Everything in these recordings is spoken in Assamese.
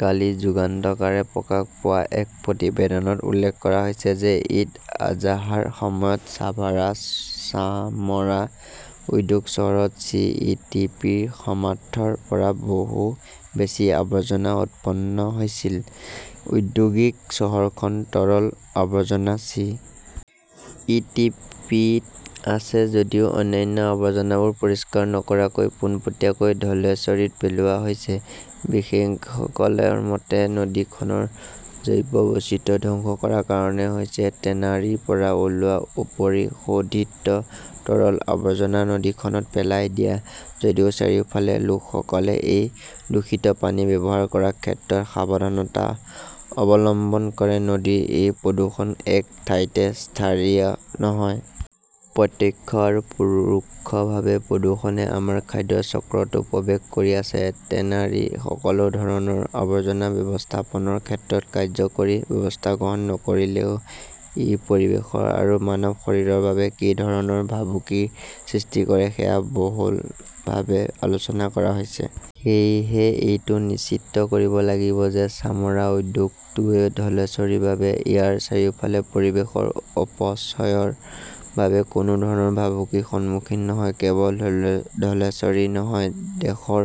কালি যুগান্তকাৰে প্ৰকাশ পোৱা এক প্ৰতিবেদনত উল্লেখ কৰা হৈছে যে ঈদ আজাহাৰ সময়ত ছাভাৰাৰ চামৰা উদ্যোগ চহৰত চি. ই. টি. পি. ৰ সামৰ্থ্যৰ পৰা বহু বেছি আৱৰ্জনা উৎপন্ন হৈছিল। ঔদ্যোগিক চহৰখনৰ তৰল আৱৰ্জনা চি. ই. টি. পি.ত আছে যদিও অন্যান্য আৱৰ্জনাবোৰ পৰিষ্কাৰ নকৰাকৈ পোনপটীয়াকৈ ধলেশ্বৰীত পেলোৱা হৈছে। বিশেষজ্ঞসকলৰ মতে, নদীখনৰ জৈৱ বৈচিত্ৰ্য ধ্বংস কৰাৰ কাৰণ হৈছে টেনাৰীৰ পৰা ওলোৱা অপৰিশোধিত তৰল আৱৰ্জনা নদীখনত পেলাই দিয়া। যদিও চাৰিওফালৰ লোকসকলে এই দূষিত পানী ব্যৱহাৰ কৰাৰ ক্ষেত্ৰত সাৱধানতা অৱলম্বন কৰে, নদীৰ এই প্ৰদূষণ এক ঠাইতে স্থায়ীয় নহয় । প্ৰত্যক্ষ আৰু পৰোক্ষভাৱে প্ৰদূষণে আমাৰ খাদ্য চক্ৰতো প্ৰৱেশ কৰি আছে। টেনৰীৰ সকলো ধৰণৰ আৱৰ্জনা ব্যৱস্থাপনাৰ ক্ষেত্ৰত কাৰ্যকৰী ব্যৱস্থা গ্ৰহণ নকৰিলে ই পৰিৱেশ আৰু মানৱ শৰীৰৰ বাবে কি ধৰণৰ ভাবুকিৰ সৃষ্টি কৰে সেয়া বহুলভাৱে আলোচনা কৰা হৈছে। সেয়েহে এইটো নিশ্চিত কৰিব লাগিব যে চামৰা উদ্যোগটোৱে ধলেশ্বৰী বা ইয়াৰ চাৰিওফালৰ পৰিৱেশৰ অপচয়ৰ বাবে কোনো ধৰণৰ ভাবুকিৰ সন্মুখীন নহয়। কেৱল ধলেশ্বৰেই নহয়, দেশৰ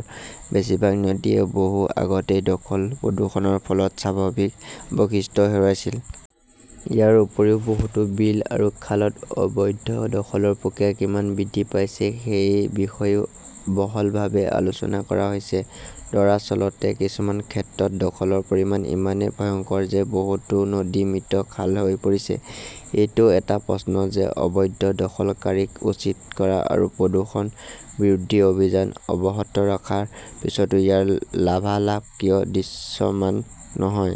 বেছিভাগ নদীয়ে বহু আগতেই দখল প্ৰদূষণৰ ফলত স্বাভাৱিক বৈশিষ্ট্য হেৰুৱাইছিল। ইয়াৰ উপৰিও বহুতো বিল আৰু খালত অবৈধ দখলৰ প্ৰক্ৰিয়া কিমান বৃদ্ধি পাইছে সেই বিষয়েও বহুলভাৱে আলোচনা কৰা হৈছে। দৰাচলতে, কিছুমান ক্ষেত্ৰত দখলৰ পৰিমাণ ইমান ভয়ংকৰ যে বহুতো নদী মৃত খাল হৈ পৰিছে। এইটো এটা প্ৰশ্ন যে অবৈধ দখলকাৰীক উচ্ছেদ কৰা আৰু প্ৰদূষণ বিৰোধী অভিযান অব্যাহত ৰখাৰ পিছতো ইয়াৰ লাভালাভ কিয় দৃশ্যমান নহয়।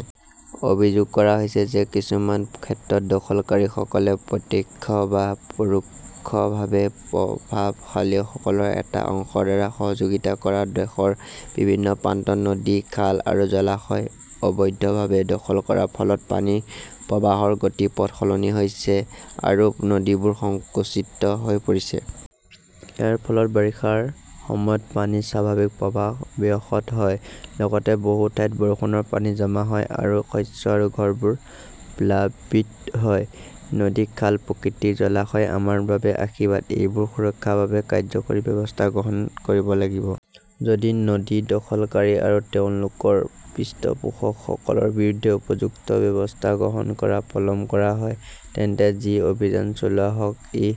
অভিযোগ কৰা হৈছে যে কিছুমান ক্ষেত্ৰত দখলকাৰীসকলে প্ৰত্যক্ষ বা প্ৰৰোক্ষভাৱে প্ৰভাৱশালীসকলৰ এটা অংশৰ দ্বাৰা সহযোগিতা কৰে। দেশৰ বিভিন্ন প্ৰান্তত নদী, খাল আৰু জলাশয় অবৈধভাৱে দখল কৰাৰ ফলত পানীৰ প্ৰৱাহৰ গতিপথ সলনি হৈছে আৰু নদীবোৰ সংকুচিত হৈ পৰিছে। ইয়াৰ ফলত বাৰিষাৰ সময়ত পানীৰ স্বাভাৱিক প্ৰৱাহ ব্যাহত হয়, লগতে বহু ঠাইত বৰষুণৰ পানী জমা হয় আৰু শস্য আৰু ঘৰবোৰ প্লাবিত হয়। নদী, খাল, প্ৰাকৃতিক জলাশয় আমাৰ বাবে আশীৰ্বাদ। এইবোৰ সুৰক্ষাৰ বাবে কাৰ্যকৰী ব্যৱস্থা গ্ৰহণ কৰিব লাগিব। যদি নদী দখলকাৰী আৰু তেওঁলোকৰ পৃষ্ঠপোষকসকলৰ বিৰুদ্ধে উপযুক্ত ব্যৱস্থা গ্ৰহণ কৰাত পলম কৰা হয়, তেন্তে যি অভিযান চলোৱা হওঁক, ই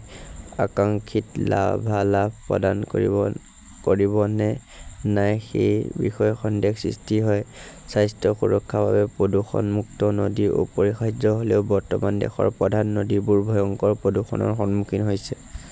আকাংক্ষিত লাভালাভ প্ৰদান কৰিব নে নাই সেই বিষয়ে সন্দেহৰ সৃষ্টি হয়। স্বাস্থ্য সুৰক্ষাৰ বাবে প্ৰদূষণমুক্ত নদী অপৰিহাৰ্য হ'লেও বৰ্তমান দেশৰ প্ৰধান নদীবোৰ ভয়ংকৰ প্ৰদূষণৰ সন্মুখীন হৈছে।